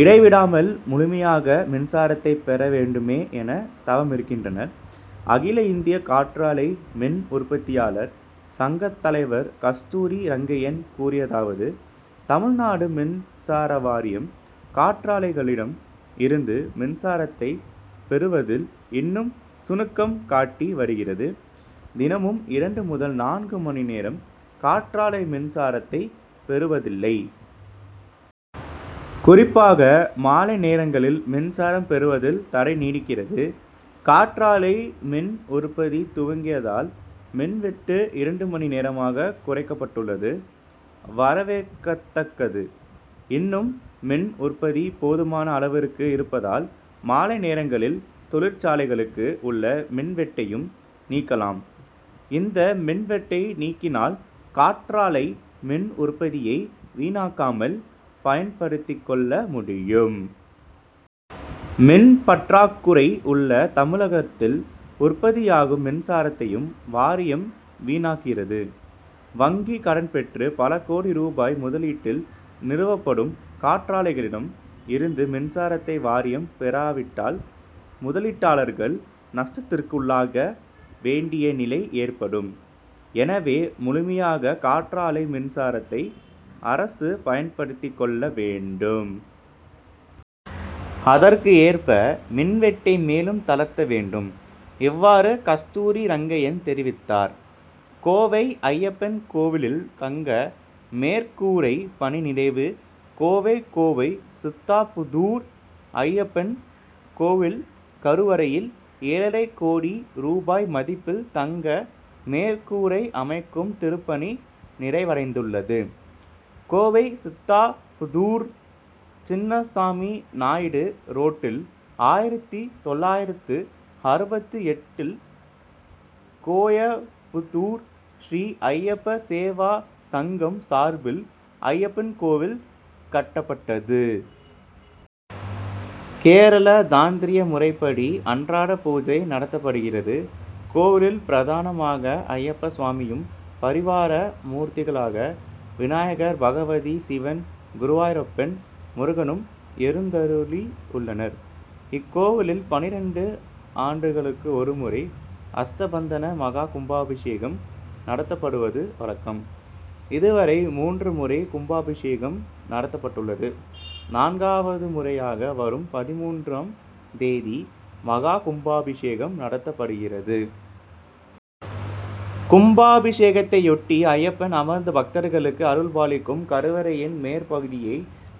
இடை விடாமல் முழுமையாக மின்சாரத்தை பெற வேண்டுமே என தவமிருக்கின்றனர். அகில இந்திய காற்றாலை மின் உற்பத்தியாளர் சங்கத் தலைவர் கஸ்தூரி ரங்கையன் கூறியதாவது தமிழ்நாடு மின்சாரவாரியம், காற்றாலைகளிடம் இருந்து மின்சாரத்தை பெறுவதில் இன்னும் சுணக்கம் காட்டி வருகிறது. தினமும் இரண்டு முதல் நான்கு மணி நேரம் காற்றாலை மின்சாரத்தை பெறுவதில்லை. குறிப்பாக மாலை நேரங்களில் மின்சாரம் பெறுவதில் தடை நீடிக்கிறது. காற்றாலை மின் உற்பத்தி துவங்கியதால், மின் வெட்டு இரண்டு மணி நேரமாக குறைக்கப்பட்டுள்ளது; வரவேற்கத்தக்ககது. இன்னும் மின் உற்பத்தி போதுமான அளவிற்கு இருப்பதால், மாலை நேரங்களில் தொழிற்சாலைகளுக்கு உள்ள மின்வெட்டையும் நீக்கலாம். இந்த மின்வெட்டை நீக்கினால், காற்றாலை மின் உற்பத்தியை வீணாக்காமல் பயன்படுத்திக்கொள்ள முடியும். மின் பற்றாக்குறை உள்ள தமிழகத்தில், உற்பத்தியாகும் மின்சாரத்தையும் வாரியம் வீணாக்குகிறது. வங்கிக் கடன்பெற்று, பல கோடி ரூபாய் முதலீட்டில் நிறுவப்படும் காற்றாலைகளிடம் இருந்து மின்சாரத்தை வாரியம் பெறாவிட்டால், முதலீட்டாளர்கள் நஷ்டத்திற்குள்ளாக வேண்டிய நிலை ஏற்படும். எனவே, முழுமையாக காற்றாலை மின்சாரத்தை அரசு பயன்படுத்திக் கொள்ள வேண்டும். அதற்கு ஏற்ப மின்வெட்டை மேலும் தளர்த்த வேண்டும். இவ்வாறு கஸ்தூரி ரங்கையன் தெரிவித்தார். கோவை அய்யப்பன் கோவிலில் தங்க மேற்கூரை பணி நிறைவு கோவை கோவை சித்தாபுதூர் அய்யப்பன் கோவில் கருவறையில், ஏழரை கோடி ரூபாய் மதிப்பில் தங்க மேற்கூரை அமைக்கும் திருப்பணி நிறைவடைந்துள்ளது. கோவை சித்தாபுதூர் சின்னசாமிநாயுடு ரோட்டில், ஆயிரத்து தொள்ளாயிரத்து அறுபத்து எட்டில் கோயமுத்தூர் ஸ்ரீ ஐயப்ப சேவா சங்கம் சார்பில், அய்யப்பன் கோவில் கட்டப்பட்டது. கேரள தாந்திரிய முறைப்படி அன்றாட பூஜை நடத்தப்படுகிறது. கோவிலில் பிரதானமாக அய்யப்ப சுவாமியும், பரிவார மூர்த்திகளாக விநாயகர், பகவதி, சிவன், குருவாயூரப்பன், முருகனும் எழுந்தருளியுள்ளனர். இக்கோவிலில், பன்னிரண்டு ஆண்டுகளுக்கொருமுறை அஷ்டபந்தன மகா கும்பாபிஷேகம் நடத்தப்படுவது வழக்கம். இதுவரை மூன்று முறை கும்பாபிஷேகம் நடத்தப்பட்டுள்ளது. நான்காவது முறையாக வரும் பதின்மூன்று ம் தேதி மகா கும்பாபிஷேகம் நடத்தப்படுகிறது. கும்பாபிஷேகத்தையொட்டி, அய்யப்பன் அமர்ந்து பக்தர்களுக்கு அருள்பாலிக்கும் கருவறையின் மேற்பகுதியை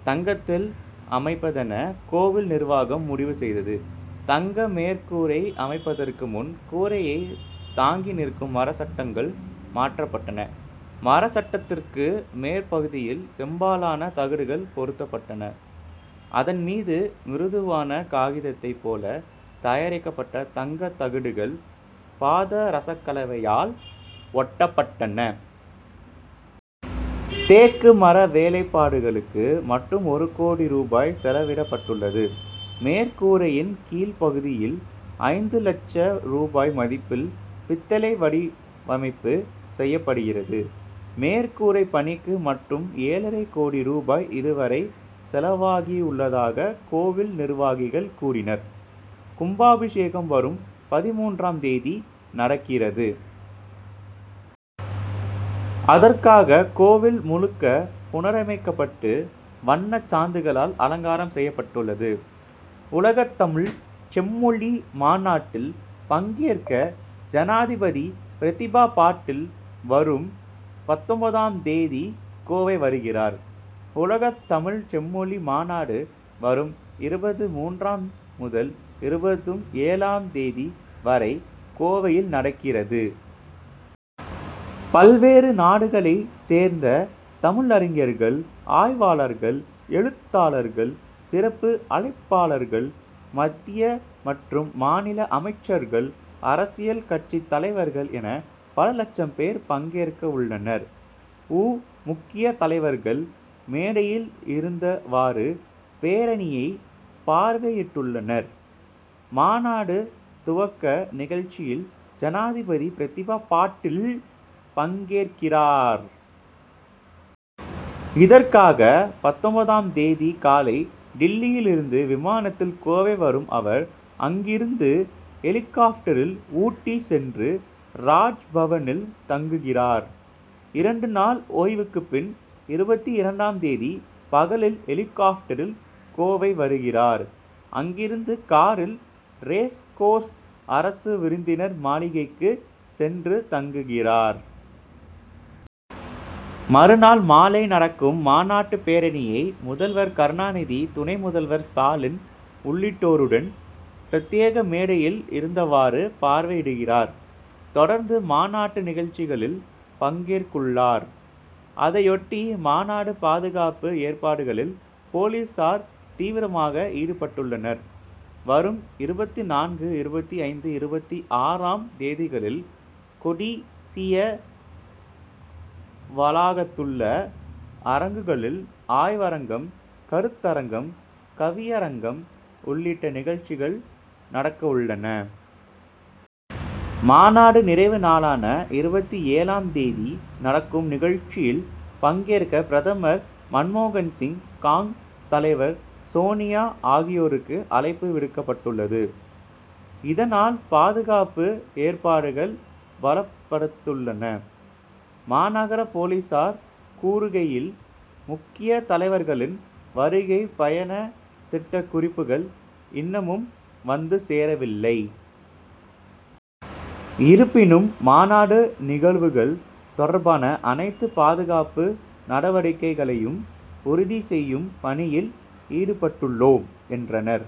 தங்கத்தில் அமைப்பதென கோவில் நிர்வாகம் முடிவு செய்தது. தங்க மேற்கூரை அமைப்பதற்கு முன், கூரையை தாங்கி நிற்கும் மரச்சட்டங்கள் மாற்றப்பட்டன. மரச்சட்டத்திற்கு மேற்பகுதியில் செம்பாலான தகடுகள் பொருத்தப்பட்டன. அதன் மீது, மிருதுவான காகிதத்தை போல தயாரிக்கப்பட்ட தங்கத்தகடுகள், பாதரசக்கலவையால் ஒட்டப்பட்டன. தேக்கு மர வேலைப்பாடுகளுக்கு மட்டும் ஒரு கோடி ரூபாய் செலவிடப்பட்டுள்ளது. மேற்கூரையின் கீழ் பகுதியில் ஐந்து லட்ச ரூபாய் மதிப்பில் பித்தளை வடிவமைப்பு செய்யப்படுகிறது. மேற்கூரைப்பணிக்கு மட்டும் ஏழரை கோடி ரூபாய் இது வரை செலவாகியுள்ளதாக கோவில் நிர்வாகிகள் கூறினர். கும்பாபிஷேகம் வரும் பதின்மூன்றாம் தேதி நடக்கிறது. அதற்காக கோவில் முழுக்க புனரமைக்கப்பட்டு, வண்ணச்சாந்துகளால் அலங்காரம் செய்யப்பட்டுள்ளது. உலகத் தமிழ்ச் செம்மொழி மாநாட்டில் பங்கேற்க, ஜனாதிபதி பிரதிபா பாட்டீல், வரும் பத்தொன்பதாம் தேதி கோவை வருகிறார். உலகத் தமிழ்ச் செம்மொழி மாநாடு, வரும் இருபத்து மூன்று முதல் இருபத்து ஏழு ம் தேதி வரை கோவையில் நடக்கிறது. பல்வேறு நாடுகளைச் சேர்ந்த தமிழறிஞர்கள், ஆய்வாளர்கள், எழுத்தாளர்கள், சிறப்பு அழைப்பாளர்கள், மத்திய மற்றும் மாநில அமைச்சர்கள், அரசியல் கட்சித் தலைவர்கள் என, பல லட்சம் பேர் பங்கேற்கவுள்ளனர். உ. முக்கிய தலைவர்கள் மேடையில் இருந்தவாறு, பேரணியை பார்வையிடவுள்ளனர். மாநாடு துவக்க நிகழ்ச்சியில், ஜனாதிபதி பிரதிபா பாட்டீல் பங்கேற்கிறார். இதற்காக, பத்தொன்பதாம் தேதி காலை டில்லியில் இருந்து விமானத்தில் கோவை வரும் அவர், அங்கிருந்து ஹெலிகாப்டரில் ஊட்டி சென்று, ராஜ்பவனில் தங்குகிறார். இரண்டு நாள் ஓய்வுக்கு பின், இருபத்து இரண்டாம் தேதி பகலில் ஹெலிகாப்டரில் கோவை வருகிறார். அங்கிருந்து காரில் ரேஸ்கோர்ஸ் அரசு விருந்தினர் மாளிகைக்கு சென்று தங்குகிறார். மறுநாள் மாலை நடக்கும் மாநாட்டுப்பேரணியை, முதல்வர் கருணாநிதி, துணை முதல்வர் ஸ்டாலின் உள்ளிட்டோருடன் பிரத்யேக மேடையில் இருந்தவாறு பார்வையிடுகிறார். தொடர்ந்து, மாநாட்டு நிகழ்ச்சிகளில் பங்கேற்கவுள்ளார். அதையொட்டி, மாநாடு பாதுகாப்பு ஏற்பாடுகளில் போலீசார் தீவிரமாக ஈடுபட்டுள்ளனர். வரும் இருபத்து நான்கு, இருபத்து ஐந்து, இருபத்து ஆறாம் தேதிகளில் கொடிசியா வளாகத்திலுள்ள அரங்குகளில் ஆய்வரங்கம், கருத்தரங்கம், கவியரங்கம் உள்ளிட்ட நிகழ்ச்சிகள் நடக்கவுள்ளன. மாநாடு நிறைவு நாளான இருபத்து ஏழாம் தேதி நடக்கும் நிகழ்ச்சியில் பங்கேற்க பிரதமர் மன்மோகன் சிங், காங்., தலைவர் சோனியா ஆகியோருக்கு அழைப்பு விடுக்கப்பட்டுள்ளது. இதனால், பாதுகாப்பு ஏற்பாடுகள் பலப்படுத்தப்பட்டுள்ளன. மாநகர போலீசார் கூறுகையில், முக்கிய தலைவர்களின் வருகை பயண திட்டக் குறிப்புகள் இன்னமும் வந்து சேரவில்லை. இருப்பினும், மாநாடு நிகழ்வுகள் தொடர்பான அனைத்து பாதுகாப்பு நடவடிக்கைகளையும் உறுதி செய்யும் பணியில் ஈடுபட்டுள்ளோம், என்றனர்.